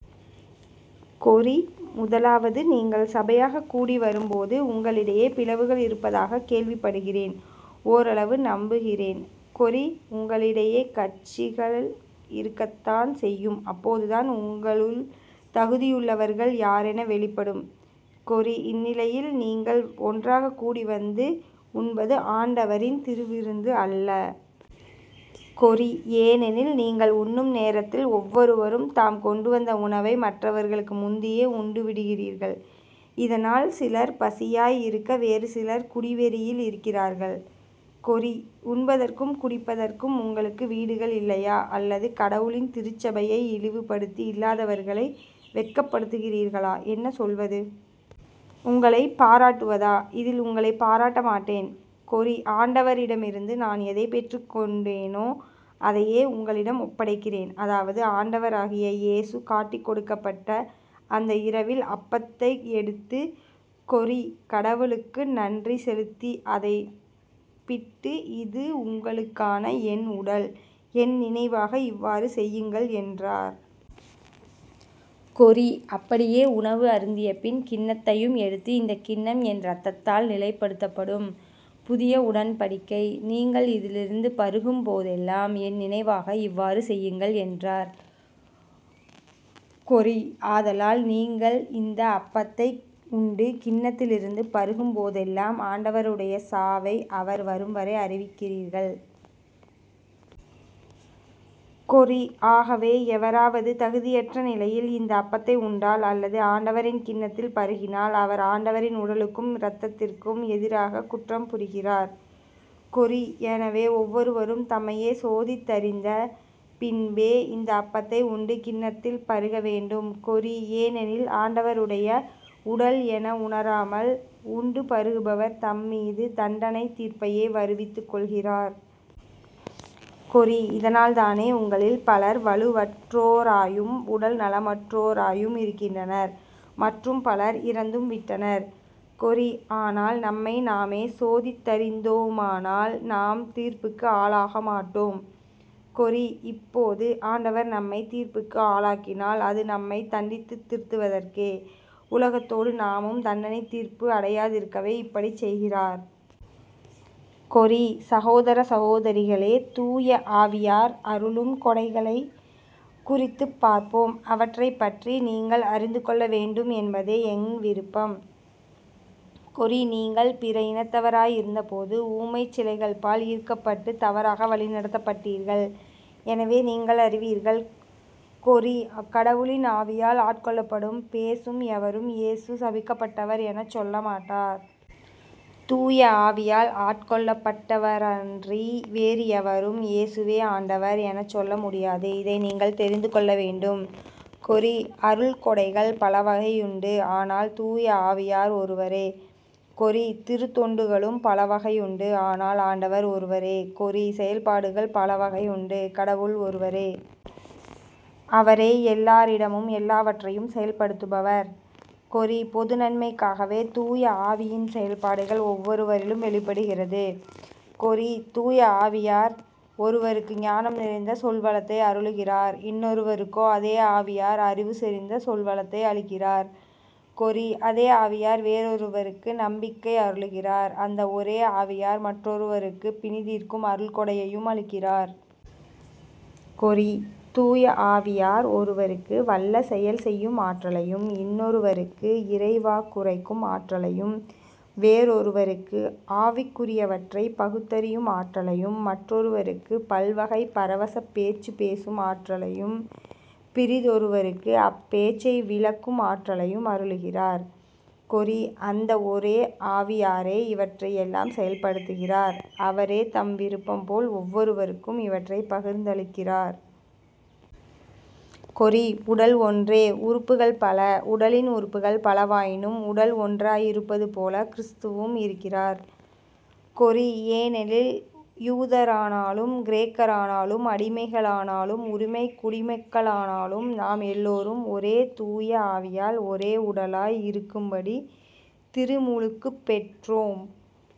கொரி. முதலாவது நீங்கள் சபையாகக் கூடி வரும்போது உங்களிடையே பிளவுகள் இருப்பதாகக் கேள்விப்படுகிறேன். ஓரளவு நம்புகிறேன். கொரி. உங்களிடையே கட்சிகள் இருக்கத்தான் செய்யும். அப்போதுதான் உங்களுள் தகுதியுள்ளவர்கள் யாரென வெளிப்படும். கொரி. இந்நிலையில் நீங்கள் ஒன்றாகக் கூடி வந்து உண்பது ஆண்டவரின் திருவிருந்து அல்ல. கொரி. ஏனெனில் நீங்கள் உண்ணும் நேரத்தில் ஒவ்வொருவரும் தாம் கொண்டுவந்த உணவை மற்றவர்களுக்கு முந்தியே உண்டுவிடுகிறீர்கள். இதனால் சிலர் பசியாய் இருக்க வேறு சிலர் குடிவெறியில் இருக்கிறார்கள். கொரி. உண்பதற்கும் குடிப்பதற்கும் உங்களுக்கு வீடுகள் இல்லையா? அல்லது கடவுளின் திருச்சபையை இழிவுப்படுத்தி இல்லாதவர்களை வெட்கப்படுத்துகிறீர்களா? என்ன சொல்வது? உங்களைப் பாராட்டுவதா? இதில் உங்களைப் பாராட்ட மாட்டேன். கொரி. ஆண்டவரிடமிருந்து நான் எதைப் பெற்றுக்கொண்டேனோ அதையே உங்களிடம் ஒப்படைக்கிறேன். அதாவது ஆண்டவராகிய இயேசு காட்டிக்கொடுக்கப்பட்ட அந்த இரவில் அப்பத்தை எடுத்து கொரி. கடவுளுக்கு நன்றி செலுத்தி அதைப்பிட்டு "இது உங்களுக்கான என் உடல். என் நினைவாக இவ்வாறு செய்யுங்கள் " என்றார். கொரி. அப்படியே உணவு அருந்தியபின் கிண்ணத்தையும் எடுத்து "இந்தக் கிண்ணம் என் இரத்தத்தால் நிலைப்படுத்தப்படும் புதிய உடன்படிக்கை. நீங்கள் இதிலிருந்து பருகும் போதெல்லாம் என் நினைவாக இவ்வாறு செய்யுங்கள் " என்றார். கொரி. ஆதலால் நீங்கள் இந்த அப்பத்தை உண்டு கிண்ணத்திலிருந்து பருகும் போதெல்லாம் ஆண்டவருடைய சாவை அவர் வரும்வரை அறிவிக்கிறீர்கள். கொரி. ஆகவே எவராவது தகுதியற்ற நிலையில் இந்த அப்பத்தை உண்டால் அல்லது ஆண்டவரின் கிண்ணத்தில் பருகினால் அவர் ஆண்டவரின் உடலுக்கும் இரத்தத்திற்கும் எதிராகக் குற்றம் புரிகிறார். கொரி. எனவே ஒவ்வொருவரும் தம்மையே சோதித்தறிந்த பின்பே இந்த அப்பத்தை உண்டு கிண்ணத்தில் பருக வேண்டும். கொரி. ஏனெனில் ஆண்டவருடைய உடல் என உணராமல் உண்டு பருகுபவர் தம் மீது தண்டனைத் தீர்ப்பையே வருவித்துக் கொள்கிறார். கொரி. இதனால்தானே உங்களில் பலர் வலுவற்றோராயும் உடல்நலமற்றோராயும் இருக்கின்றனர் மற்றும் பலர் இறந்தும் விட்டனர். கொரி. ஆனால் நம்மை நாமே சோதித்தறிந்தோமானால் நாம் தீர்ப்புக்கு ஆளாக மாட்டோ ம். கொரி. இப்போது ஆண்டவர் நம்மைத் தீர்ப்புக்கு ஆளாக்கினால் அது நம்மைத் தண்டித்துத் திருத்துவதற்கே. உலகத்தோடு நாமும் தண்டனைத் தீர்ப்பு அடையாதிருக்கவே இப்படிச் செய்கிறார். கொரி. சகோதர சகோதரிகளே தூயஆவியார் அருளும் கொடைகளைக் குறித்துப் பார்ப்போம். அவற்றைப் பற்றி நீங்கள் அறிந்து கொள்ள வேண்டும் என்பதே என் விருப்பம். கொரி.. நீங்கள் பிற இனத்தவராயிருந்தபோது ஊமைச் சிலைகள்பால் ஈர்க்கப்பட்டுத் தவறாக வழிநடத்தப்பட்டீர்கள் என்பதை நீங்கள் அறிவீர்கள். கொரி. கடவுளின் ஆவியால் ஆட்கொள்ளப்பட்டுப் பேசும் எவரும் "இயேசு சபிக்கப்பட்டவர் " எனச் சொல்ல மாட்டார். தூய ஆவியால் ஆட்கொள்ளப்பட்டடவரன்றி வேறு எவரும் "இயேசுவே ஆண்டவர் " எனச் சொல்ல முடியாது. இதை நீங்கள் தெரிந்து கொள்ள வேண்டும். கொரி. அருள்கொடைகள் பலவகையுண்டு ஆனால் தூய ஆவியார் ஒருவரே. கொரி. திருத் தொண்டுகளும் பலவகையுண்டு ஆனால் ஆண்டவர் ஒருவரே. கொரி. செயல்பாடுகள் பலவகையுண்டு கடவுள் ஒருவரே. அவரே எல்லாரிடமும் எல்லாவற்றையும் செயல்படுத்துபவர். கொரி. பொது நன்மைக்காகவே தூய ஆவியின் செயல்பாடுகள் ஒவ்வொருவரிலும் வெளிப்படுகிறது. கொரி. தூய ஆவியார் ஒருவருக்கு ஞானம் நிறைந்த சொல்வளத்தை அருளுகிறார். இன்னொருவருக்கோ அதே ஆவியார் அறிவுசெறிந்த சொல்வளத்தை அளிக்கிறார். கொரி. அதே ஆவியார் வேறொருவருக்கு நம்பிக்கை அருளுகிறார். அந்த ஒரே ஆவியார் மற்றொருவருக்குப் பிணிதீர்க்கும் அருள்கொடையையும் அளிக்கிறார். கொரி. தூயஆவியார் ஒருவருக்கு வல்ல செயல் செய்யும் ஆற்றலையும் இன்னொருவருக்கு இறைவாக்குரைக்கும் ஆற்றலையும் வேறொருவருக்கு ஆவிக்குரியவற்றைப் பகுத்தறியும் ஆற்றலையும் மற்றொருவருக்குப் பல்வகை பரவசப் பேச்சு பேசும் ஆற்றலையும் பிறிதொருவருக்கு அப்பேச்சை விளக்கும் ஆற்றலையும் அருளுகிறார். கொரி. அந்த ஒரே ஆவியாரே இவற்றையெல்லாம் செயல்படுத்துகிறார் அவரே தம் விருப்பம்போல் ஒவ்வொருவருக்கும் இவற்றைப் பகிர்ந்தளிக்கிறார். கொரி. உடல் ஒன்றே உறுப்புகள் பல. உடலின் உறுப்புகள் பலவாயினும் உடல் ஒன்றாயிருப்பதுபோல கிறிஸ்துவும் இருக்கிறார். கொரி. ஏனெனில் யூதரானாலும் கிரேக்கரானாலும் அடிமைகளானாலும் உரிமைக் குடிமக்களானாலும் நாம் எல்லாரும் ஒரே தூய ஆவியால் ஒரே உடலாய் இருக்கும்படி திருமுழுக்குப் பெற்றோம்.